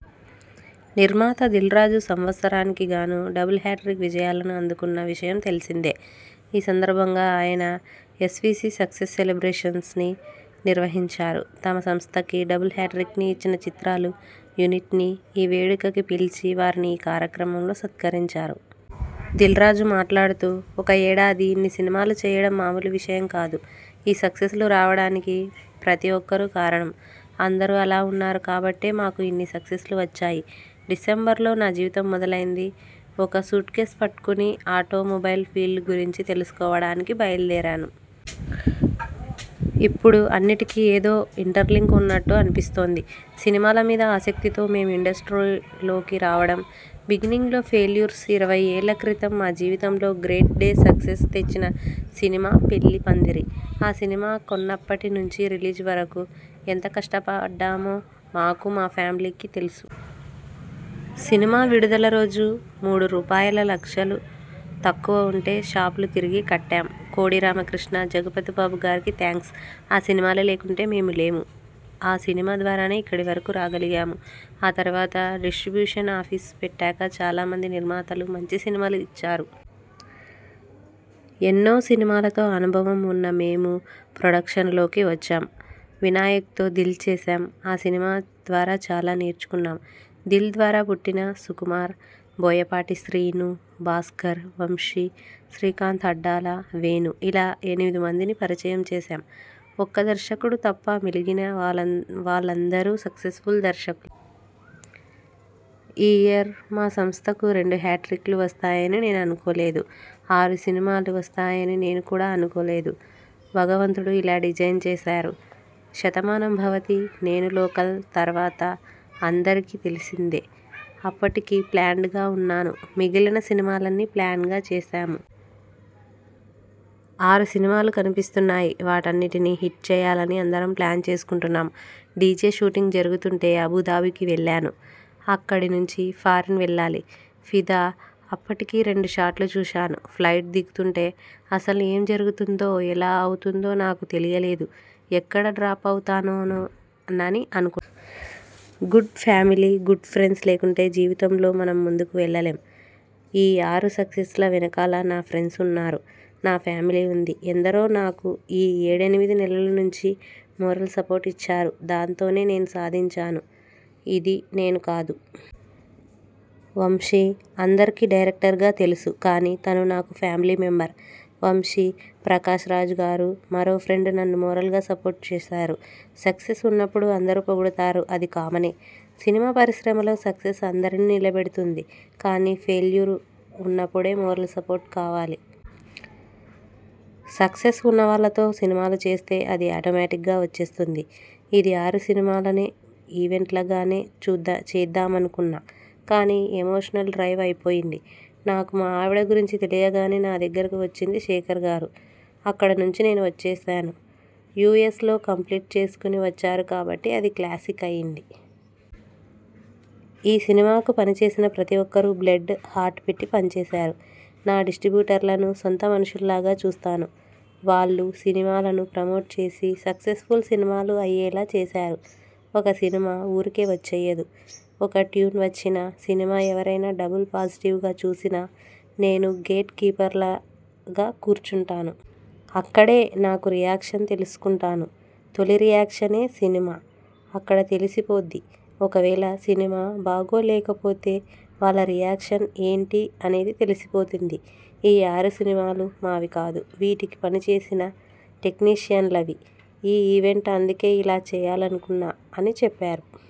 నిర్మాత దిల్ రాజు సంవత్సరానికి గానూ డబుల్ హ్యాట్రిక్ విజయాలను అందుకున్న విషయం తెలిసిందే. ఈ సందర్భంగా ఆయన ఎస్. వి. సి. సక్సెస్ సెలబ్రేషన్స్ని నిర్వహించారు. తమ సంస్థకి డబుల్ హ్యాట్రిక్ని ఇచ్చిన చిత్రాల యూనిట్ని ఈ వేడుక కి పిలిచి వారిని ఈ కార్యక్రమంలో సత్కరించారు. దిల్రాజు మాట్లాడుతూ ''ఒక ఏడాది ఇన్ని సినిమాలు చేయడం మామూలు విషయం కాదు. ఈ సక్సెస్లు రావడానికి ప్రతి ఒక్కరూ కారణం. అందరూ అలా ఉన్నారు కాబట్టే మాకు ఇన్ని సక్సెస్లు వచ్చాయి. డిసెంబర్లో నా జీవితం మొదలైంది. ఒక సూట్కేస్ పట్టుకుని ఆటోమొబైల్ ఫీల్డ్ గురించి తెలుసుకోవడానికి బయలుదేరాను. ఇప్పుడు అన్నిటికి ఏదో ఇంటర్లింక్ ఉన్నట్టు అనిపిస్తోంది. సినిమాల మీద ఆసక్తితో మేం ఇండస్ట్రీలోకి రావడం, బిగినింగ్లో ఫెయిల్యూర్స్ ఇరవై ఏళ్ల క్రితం మా జీవితంలో గ్రేట్ డే సక్సెస్ తెచ్చిన సినిమా పెళ్లిపందిరి. ఆ సినిమా కొన్నప్పటి నుంచి రిలీజ్ వరకు ఎంత కష్టపాడ్డామో మాకు, మా ఫ్యామిలీకి తెలుసు. సినిమా విడుదల రోజు మూడు రూపాయల లక్షలు తక్కువ ఉంటే షాప్లు తిరిగి కట్టాం. కోడి రామకృష్ణ, జగపతిబాబుగారుకి థాంక్స్. ఆ సినిమా లేకుంటే మేము లేము. ఆ సినిమా ద్వారానే ఇక్కడి వరకు రాగలిగాం. ఆ తర్వాత డిస్ట్రిబ్యూషన్ ఆఫీస్ పెట్టాక చాలా మంది నిర్మాతలు మంచి సినిమాలు ఇచ్చారు. ఎన్నో సినిమాలతో అనుభవం ఉన్న మేం ప్రొడక్షన్లోకి వచ్చాం. వినాయక్తో దిల్ చేశాం. ఆ సినిమా ద్వారా చాలా నేర్చుకున్నాం. దిల్ ద్వారా పుట్టిన సుకుమార్, బోయపాటి శ్రీను, భాస్కర్, వంశీ, శ్రీకాంత్ అడ్డాల, వేణు.. ఇలా ఎనిమిది మందిని పరిచయం చేశాం. ఒక్క దర్శకుడు తప్ప మిలిగిన వాల్ వాళ్లందరూ సక్సెస్ఫుల్ దర్శక్. ఈ ఇయర్ మా సంస్థకు రెండు హ్యాట్రిక్లు వస్తాయని నేను అనుకోలేదు. ఆరు సినిమాలు వస్తాయని నేను కూడా అనుకోలేదు. భగవంతుడు ఇలా డిజైన్ చేశారు. శతమానం భవతి, నేను లోకల్ తర్వాత అందరికీ తెలిసిందే.. అప్పటికి ప్లాన్డ్గా ఉన్నాను. మిగిలిన సినిమాలన్నీ ప్లాన్గా చేశాము. ఆరు సినిమాలు కనిపిస్తున్నాయి. వాటన్నిటినీ హిట్ చేయాలని అందరం ప్లాన్ చేసుకుంటున్నాం. డీజే షూటింగ్ జరుగుతుంటే అబుదాబీకి వెళ్లాను. అక్కడి నుంచి ఫారిన్ వెళ్లాలి. ఫిదా అప్పటికి రెండు షాట్లు చూశాను. ఫ్లైట్ దిగుతుంటే అసలు ఏం జరుగుతుందో, ఎలా అవుతుందో నాకు తెలియలేదు. ఎక్కడ డ్రాప్ అవుతానోనో నని అనుకున్. గుడ్ ఫ్యామిలీ, గుడ్ ఫ్రెండ్స్ లేకుంటే జీవితంలో మనం ముందుకు వెళ్లలేం. ఈ ఆరు సక్సెస్ల వెనకాల నా ఫ్రెండ్స్ ఉన్నారు. నా ఫ్యామిలీ ఉంది. ఎందరో నాకు ఈ ఏడెనిమిది నెలల నుంచి మోరల్ సపోర్ట్ ఇచ్చారు. దాంతోనే నేను సాధించాను. ఇది నేను కాదు. వంశీ అందరికీ డైరక్టర్గా తెలుసు. కానీ తను నాకు ఫ్యామిలీ మెంబర్. వంశీ, ప్రకాశ్రాజ్గారు, మరో ఫ్రెండ్ నన్ను మోరల్గా సపోర్ట్ చేశారు. సక్సెస్ ఉన్నప్పుడు అందరూ పొగుడుతారు అది కామనే. సినిమా పరిశ్రమలో సక్సెస్ అందరినీ నిలబెడుతుంది. కానీ ఫెయిల్యూర్ ఉన్నప్పుడే మోరల్ సపోర్ట్ కావాలి. సక్సెస్ ఉన్నవాళ్లతో సినిమాలు చేస్తే అది ఆటోమేటిగ్గా వచ్చేస్తుంది. ఇది ఆరు సినిమాలనే ఈవెంట్లగానే చూద్దా చేద్దామనుకున్నా. కానీ ఎమోషనల్ డ్రైవ్ అయిపోయింది. నాకు మా ఆవిడ గురించి తెలియగానే నా దగ్గరకు వచ్చింది శేఖర్గారు. అక్కడినుంచి నేను వచ్చేశాను. యు. ఎస్. లో కంప్లీట్ చేసుకుని వచ్చారు కాబట్టి అది క్లాసిక్ అయింది. ఈ సినిమాకు పనిచేసిన ప్రతి ఒక్కరూ బ్లడ్, హార్ట్ పెట్టి పనిచేశారు. నా డిస్ట్రిబ్యూటర్లను సొంత మనుషుల్లాగా చూస్తాను. వాళ్లు సినిమాలను ప్రమోట్ చేసి సక్సెస్ఫుల్ సినిమాలు అయ్యేలా చేశారు. ఒక సినిమా ఊరికే వచ్చేయదు. ఒక ట్యూన్ వచ్చినా, సినిమా ఎవరైనా డబుల్ పాజిటివ్గా చూసినా నేను గేట్ కీపర్లాగా కూర్చుంటాను. అక్కడే నాకు రియాక్షన్ తెలుసుకుంటాను. తొలి రియాక్షనే సినిమా. అక్కడే తెలిసి పోద్ది. ఒకవేళ సినిమా బాగో లేకపోతే వాళ్ల రియాక్షన్ ఏంటి అనేది తెలిసిపోతుంది. ఈ ఆరు సినిమాలు మావి కాదు. వీటికి పనిచేసిన టెక్నీషియన్లవి. ఈ ఈవెంట్ అందుకే ఇలా చేయాలనుకున్నా '' అని చెప్పారు.